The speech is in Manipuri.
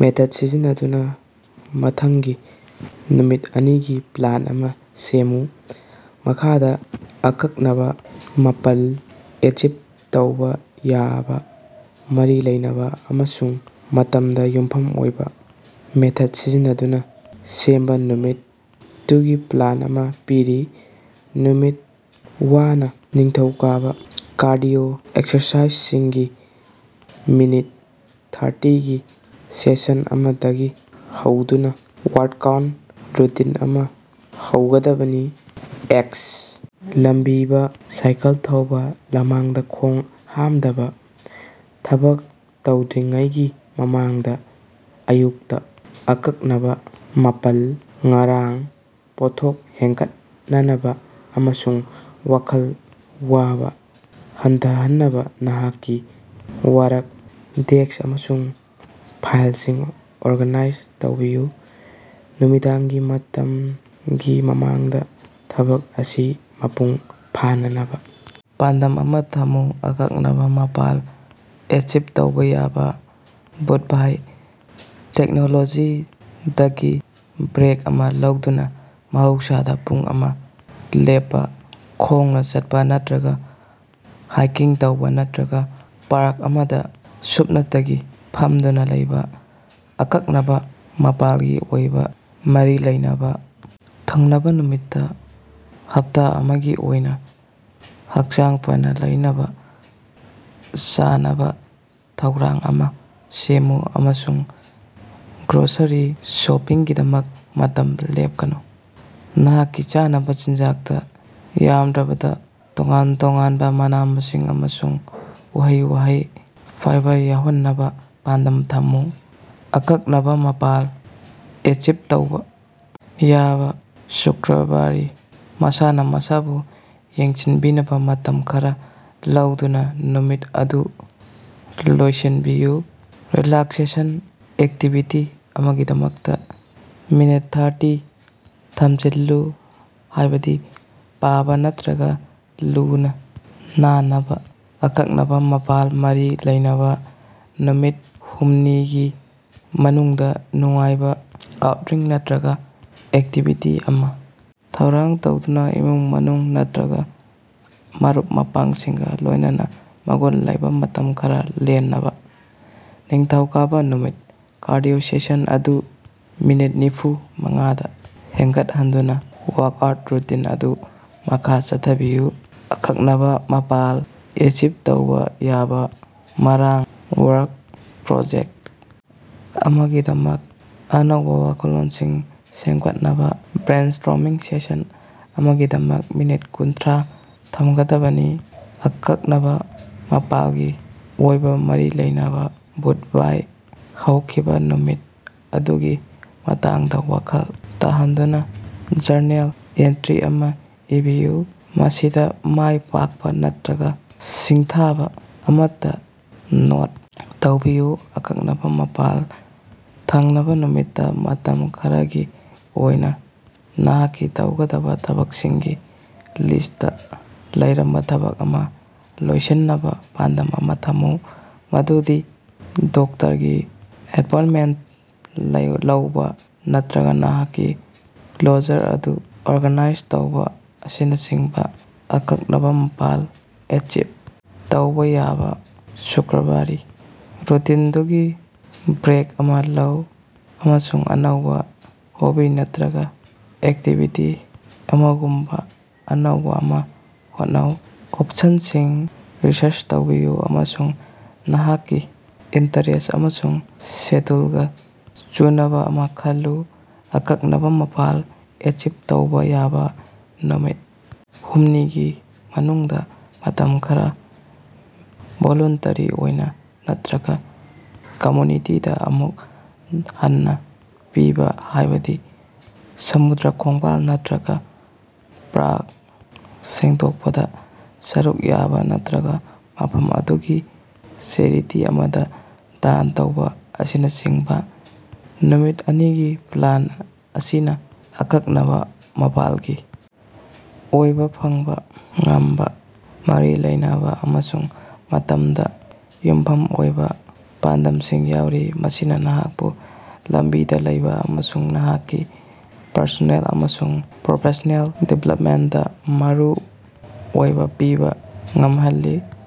ꯃꯦꯊꯗ ꯁꯤꯖꯤꯟꯅꯗꯨꯅ ꯃꯊꯪꯒꯤ ꯅꯨꯃꯤꯠ ꯑꯅꯤꯒꯤ ꯄ꯭ꯂꯥꯟ ꯑꯃꯥ ꯁꯦꯝꯃꯨ꯫ ꯃꯈꯥꯗꯥ (ꯑꯀꯛꯅꯕꯥ, ꯃꯥꯄꯜ, ꯑꯦꯆꯤꯚ ꯇꯧꯕꯥ ꯌꯥꯕꯥ, ꯃꯔꯤ ꯂꯩꯅꯕꯥ, ꯑꯃꯁꯨꯡ ꯃꯇꯝꯗ ꯌꯨꯝꯐꯝ ꯑꯣꯏꯕꯥ) ꯃꯦꯊꯗ ꯁꯤꯖꯤꯟꯅꯗꯨꯅꯥ ꯁꯦꯝꯕꯥ ꯅꯨꯃꯤꯠ ꯇꯨꯒꯤ ꯄ꯭ꯂꯥꯟ ꯑꯃꯥ ꯄꯤꯔꯤ: ꯅꯨꯃꯤꯠ ꯋꯥꯟ: ꯅꯤꯡꯊꯧꯀꯥꯕꯥ: ꯀꯥꯔꯗꯤꯑꯣ ꯑꯦꯛꯁꯔꯁꯥꯏꯖꯒꯤ ꯃꯤꯅꯤꯠ ꯊ꯭ꯔꯇꯤꯒꯤ ꯁꯦꯁꯟ ꯑꯃꯗꯒꯤ ꯍꯧꯗꯨꯅꯥ ꯋꯥꯔꯀꯑꯥꯎꯠ ꯔꯨꯇꯤꯟ ꯑꯃꯥ ꯍꯧꯒꯗꯕꯅꯤ (ꯑꯦꯛꯁ. ꯂꯝꯕꯤꯕꯥ, ꯁꯥꯏꯀꯜ ꯊꯧꯕꯥ, ꯂꯝꯍꯥꯡꯗꯥ ꯈꯣꯡ ꯍꯥꯝꯗꯕꯥ) ꯊꯕꯛ ꯇꯧꯗ꯭ꯔꯤꯉꯩꯒꯤ ꯃꯃꯥꯡꯗꯥ ꯑꯌꯨꯛꯇꯥ꯫ (ꯑꯀꯛꯅꯕꯥ, ꯃꯥꯄꯜ) ꯉꯔꯥꯡ: ꯄꯣꯠꯊꯣꯛ ꯍꯦꯟꯒꯠꯍꯟꯅꯕꯥ ꯑꯃꯁꯨꯡ ꯋꯥꯈꯜ ꯋꯥꯕꯥ ꯍꯟꯊꯍꯟꯅꯕꯥ ꯅꯍꯥꯛꯀꯤ ꯋꯥꯔꯛ ꯗꯦꯁꯛ ꯑꯃꯁꯨꯡ ꯐꯥꯏꯂꯁꯤꯡ ꯑꯣꯔꯒꯅꯥꯏꯖ ꯇꯧꯕꯤꯌꯨ꯫ ꯅꯨꯃꯤꯗꯥꯡꯒꯤ ꯃꯇꯃꯒꯤ ꯃꯃꯥꯡꯗꯥ ꯊꯕꯛ ꯑꯁꯤ ꯃꯄꯨꯡ ꯐꯥꯍꯟꯅꯕꯥ ꯄꯥꯟꯗꯝ ꯑꯃꯥ ꯊꯝꯃꯨ꯫ (ꯑꯀꯛꯅꯕꯥ, ꯃꯥꯄꯜ, ꯑꯦꯆꯤꯕ ꯇꯧꯕꯥ ꯌꯥꯕꯥ) ꯕꯨꯙꯕꯥꯏ: ꯇꯦꯛꯅꯣꯂꯣꯖꯤꯗꯒꯤ ꯕ꯭ꯔꯦꯛ ꯑꯃꯥ ꯂꯧꯗꯨꯅꯥ ꯃꯍꯧꯁꯥꯗꯥ ꯄꯨꯡ ꯑꯃ ꯂꯦꯞꯄꯥ, ꯈꯣꯡꯅꯥ ꯆꯠꯄꯥ ꯅꯠꯇꯔꯒꯥ ꯍꯥꯏꯀꯤꯡ ꯇꯧꯕꯥ ꯅꯠꯇꯔꯒꯥ ꯄꯥꯔꯛ ꯑꯃꯗꯥ ꯁꯨꯞꯅꯇꯒꯤ ꯐꯝꯗꯨꯅꯥ ꯂꯩꯕꯥ꯫ (ꯑꯀꯛꯅꯕꯥ, ꯃꯥꯄꯜꯒꯤ ꯑꯣꯏꯕꯥ, ꯃꯔꯤ ꯂꯩꯅꯕꯥ) ꯊꯪꯅꯕꯥ ꯅꯨꯃꯤꯠ: ꯍꯞꯇꯥ ꯑꯃꯒꯤ ꯑꯣꯏꯅꯥ ꯍꯛꯆꯥꯡ ꯐꯅꯥ ꯂꯩꯅꯕꯥ ꯆꯥꯅꯕꯥ ꯊꯧꯔꯥꯡ ꯑꯃꯥ ꯁꯦꯝꯃꯨ ꯑꯃꯁꯨꯡ ꯒ꯭ꯔꯣꯁꯔꯤ ꯁꯣꯄꯤꯡꯒꯤꯗꯃꯛ ꯃꯇꯝ ꯂꯦꯞꯀꯅꯨ꯫ ꯅꯍꯥꯛꯀꯤ ꯆꯥꯅꯕꯥ ꯆꯤꯟꯖꯥꯛꯇꯥ ꯌꯥꯝꯗ꯭ꯔꯕꯗꯥ ꯇꯣꯉꯥꯟ-ꯇꯣꯉꯥꯅꯕꯥ ꯃꯅꯥ-ꯃꯁꯤꯡ ꯑꯃꯁꯨꯡ ꯎꯍꯩ-ꯋꯥꯍꯩ ꯐꯥꯏꯚ ꯌꯥꯎꯍꯟꯅꯕꯥ ꯄꯥꯟꯗꯝ ꯊꯝꯃꯨ꯫ (ꯑꯀꯛꯅꯕꯥ, ꯃꯥꯄꯜ, ꯑꯦꯆꯤꯕ ꯇꯧꯕꯥ ꯌꯥꯕꯥ) ꯁꯨꯛꯔꯕꯥꯔꯤ: ꯃꯁꯥꯅꯥ ꯃꯁꯥꯕꯨ ꯌꯦꯡꯁꯤꯟꯕꯤꯅꯕꯥ ꯃꯇꯝ ꯈꯔꯥ ꯂꯧꯗꯨꯅꯥ ꯅꯨꯃꯤꯠ ꯑꯗꯨ ꯂꯣꯏꯁꯤꯟꯕꯤꯌꯨ꯫ ꯔꯤꯂꯥꯛꯁꯦꯁꯟ ꯑꯦꯛꯇꯤꯚꯤꯇꯤ ꯑꯃꯒꯤꯗꯃꯛꯇꯥ ꯃꯤꯅꯠ ꯊ꯭ꯔꯇꯤ ꯊꯝꯖꯤꯜꯂꯨ, ꯍꯥꯏꯕꯗꯤ ꯄꯥꯕꯥ ꯅꯠꯇꯔꯒꯥ ꯂꯨ-ꯅꯥꯅꯕꯥ꯫ (ꯑꯀꯛꯅꯕꯥ, ꯃꯥꯄꯜ, ꯃꯔꯤ ꯂꯩꯅꯕꯥ) ꯅꯨꯃꯤꯠ ꯍꯨꯝꯅꯤꯒꯤ ꯃꯅꯨꯡꯗꯥ: ꯅꯨꯡꯉꯥꯏꯕꯥ ꯑꯥꯎꯠꯔꯤꯡ ꯅꯠꯇꯔꯒꯥ ꯑꯦꯛꯇꯤꯚꯤꯇꯤ ꯑꯃꯥ ꯊꯧꯔꯥꯡ ꯇꯧꯗꯨꯅꯥ ꯏꯃꯨꯡ-ꯃꯅꯨꯡ ꯅꯠꯇꯔꯒꯥ ꯃꯔꯨꯞ-ꯃꯄꯥꯡꯁꯤꯡꯒꯥ ꯂꯣꯏꯅꯅ ꯃꯒꯨꯟ ꯂꯩꯕꯥ ꯃꯇꯝ ꯈꯔꯥ ꯂꯦꯅꯕꯥ꯫ ꯅꯤꯡꯊꯧꯀꯥꯕꯥ ꯅꯨꯃꯤꯠ: ꯀꯥꯔꯗꯤꯑꯣ ꯁꯦꯁꯟ ꯑꯗꯨ ꯃꯤꯅꯤꯠ ꯅꯤꯐꯨ ꯃꯉꯥꯗꯥ ꯍꯦꯅꯒꯠꯍꯟꯗꯨꯅꯥ ꯋꯥꯔꯀꯑꯥꯎꯠ ꯔꯨꯇꯤꯟ ꯑꯗꯨ ꯃꯈꯥ ꯆꯠꯊꯕꯤꯌꯨ꯫ (ꯑꯀꯛꯅꯕꯥ, ꯃꯥꯄꯜ, ꯑꯦꯆꯤꯕ ꯇꯧꯕꯥ ꯌꯥꯕꯥ) ꯉꯔꯥꯡ: ꯋꯥꯔꯛ ꯄ꯭ꯔꯣꯖꯦꯛꯇ ꯑꯃꯒꯤꯗꯃꯛ ꯑꯅꯧꯕꯥ ꯋꯥꯈꯜꯂꯣꯟꯁꯤꯡ ꯁꯦꯝꯒꯠꯅꯕꯥ ꯕ꯭ꯔꯦꯟꯁ꯭ꯇꯣꯔꯃꯤꯡ ꯁꯦꯁꯟ ꯑꯃꯒꯤꯗꯃꯛ ꯃꯤꯅꯤꯠ ꯀꯨꯟꯊ꯭ꯔꯥ ꯊꯝꯒꯗꯕꯅꯤ꯫ (ꯑꯀꯛꯅꯕꯥ, ꯃꯥꯄꯂꯒꯤ ꯑꯣꯏꯕꯥ, ꯃꯔꯤ ꯂꯩꯅꯕꯥ) ꯕꯨꯙꯕꯥꯏ: ꯍꯧꯈꯤꯕꯥ ꯅꯨꯃꯤꯠ ꯑꯗꯨꯒꯤ ꯃꯇꯥꯡꯗꯥ ꯋꯥꯈꯜ ꯇꯥꯍꯟꯗꯨꯅꯥ ꯖꯔꯅꯦꯜ ꯑꯦꯟꯇꯔꯤ ꯑꯃꯥ ꯏꯕꯤꯌꯨ, ꯃꯁꯤꯗꯥ ꯃꯥꯏ ꯄꯥꯛꯄꯥ ꯅꯠꯇꯔꯒꯥ ꯁꯤꯡꯊꯕꯥ ꯑꯃꯠꯇꯥ ꯅꯣꯠ ꯇꯧꯕꯤꯌꯨ꯫ (ꯑꯀꯛꯅꯕꯥ, ꯃꯥꯄꯜ) ꯊꯪꯅꯕꯥ ꯅꯨꯃꯤꯠ: ꯃꯇꯝ ꯈꯔꯒꯤ ꯑꯣꯏꯅꯥ ꯅꯍꯥꯛꯀꯤ ꯇꯧꯒꯗꯕꯥ ꯊꯕꯛꯁꯤꯡꯒꯤ ꯂꯤꯁꯇꯇꯥ ꯂꯩꯔꯝꯕꯥ ꯊꯕꯛ ꯑꯃꯥ ꯂꯣꯏꯁꯤꯟꯅꯕꯥ ꯄꯥꯟꯗꯝ ꯑꯃꯥ ꯊꯝꯃꯨ, ꯃꯗꯨꯗꯤ ꯗꯣꯛꯇꯔꯒꯤ ꯑꯦꯄꯣꯏꯟꯇꯃꯦꯟꯇ ꯂꯧꯕꯥ ꯅꯠꯇꯔꯒꯥ ꯅꯍꯥꯛꯀꯤ ꯀ꯭ꯂꯣꯖꯔ ꯑꯗꯨ ꯑꯣꯔꯒꯥꯅꯥꯏꯖ ꯇꯧꯕꯥ ꯑꯁꯤꯅꯆꯤꯡꯕꯥ꯫ (ꯑꯀꯛꯅꯕꯥ, ꯃꯥꯄꯜ, ꯑꯦꯆꯤꯚ ꯇꯧꯕꯥ ꯌꯥꯕꯥ) ꯁꯨꯛꯔꯕꯥꯔꯤ: ꯔꯨꯇꯤꯅꯗꯒꯤ ꯕ꯭ꯔꯦꯛ ꯑꯃꯥ ꯂꯧ ꯑꯃꯁꯨꯡ ꯑꯅꯧꯕꯥ ꯍꯣꯕꯤ ꯅꯠꯇꯔꯒꯥ ꯑꯦꯛꯇꯤꯚꯤꯇꯤ ꯑꯃꯥꯒꯨꯝꯕꯥ ꯑꯅꯧꯕꯥ ꯑꯃ ꯍꯣꯠꯅꯧ꯫ ꯑꯣꯄꯁꯟꯁꯤꯡ ꯔꯤꯁꯔꯆ ꯇꯧꯕꯤꯌꯨ ꯑꯃꯁꯨꯡ ꯅꯍꯥꯛꯀꯤ ꯏꯟꯇꯔꯦꯁꯠ ꯑꯃꯁꯨꯡ ꯁꯦꯗ꯭ꯌꯨꯂꯒꯥ ꯆꯨꯅꯕꯥ ꯑꯃꯥ ꯈꯜꯂꯨ꯫ (ꯑꯀꯛꯅꯕꯥ, ꯃꯥꯄꯜ, ꯑꯦꯆꯤꯚ ꯇꯧꯕꯥ ꯌꯥꯕꯥ) ꯅꯨꯃꯤꯠ ꯍꯨꯝꯅꯤꯒꯤ ꯃꯅꯨꯡꯗꯥ: ꯃꯇꯝ ꯈꯔꯥ ꯚꯣꯂꯨꯟꯇꯔꯤ ꯑꯣꯏꯅꯥ ꯅꯠꯇꯔꯒꯥ ꯀꯝꯌꯨꯅꯤꯇꯤꯗꯥ ꯑꯃꯨꯛ ꯍꯟꯅꯥ ꯄꯤꯕꯥ, ꯍꯥꯏꯕꯗꯤ ꯁꯃꯨꯗ꯭ꯔ ꯈꯣꯡꯕꯥꯜ ꯅꯠꯇꯔꯒꯥ ꯄꯥꯔꯛ ꯁꯦꯡꯗꯣꯛꯄꯗꯥ ꯁꯔꯨꯛ ꯌꯥꯕꯥ ꯅꯠꯇꯔꯒꯥ ꯃꯐꯝ ꯑꯗꯨꯒꯤ ꯆꯦꯔꯤꯇꯤ ꯑꯃꯗꯥ ꯗꯥꯟ ꯇꯧꯕꯥ ꯑꯁꯤꯅꯆꯤꯡꯕꯥ꯫ ꯅꯨꯃꯤꯠ ꯑꯅꯤꯒꯤ ꯄ꯭ꯂꯥꯟ ꯑꯁꯤꯅꯥ ꯑꯀꯛꯅꯕꯥ, ꯃꯥꯄꯜꯒꯤ ꯑꯣꯏꯕꯥ, ꯐꯪꯕꯥ ꯉꯝꯕꯥ, ꯃꯔꯤ ꯂꯩꯅꯕꯥ ꯑꯃꯁꯨꯡ ꯃꯇꯝꯗ ꯌꯨꯝꯐꯝ ꯑꯣꯏꯕꯥ ꯄꯥꯟꯗꯝꯁꯤꯡ ꯌꯥꯎꯔꯤ, ꯃꯁꯤꯅꯥ ꯅꯍꯥꯛꯄꯨ ꯂꯝꯕꯤꯗꯥ ꯂꯩꯕꯥ ꯑꯃꯁꯨꯡ ꯅꯍꯥꯛꯀꯤ ꯄꯔꯁꯣꯅꯦꯜ ꯑꯃꯁꯨꯡ ꯄ꯭ꯔꯣꯐꯦꯁꯅꯦꯜ ꯗꯤꯕꯦꯂꯄꯃꯦꯟꯇꯗꯥ ꯃꯔꯨ ꯑꯣꯏꯕꯥ ꯄꯤꯕꯥ ꯉꯝꯍꯜꯂꯤ꯫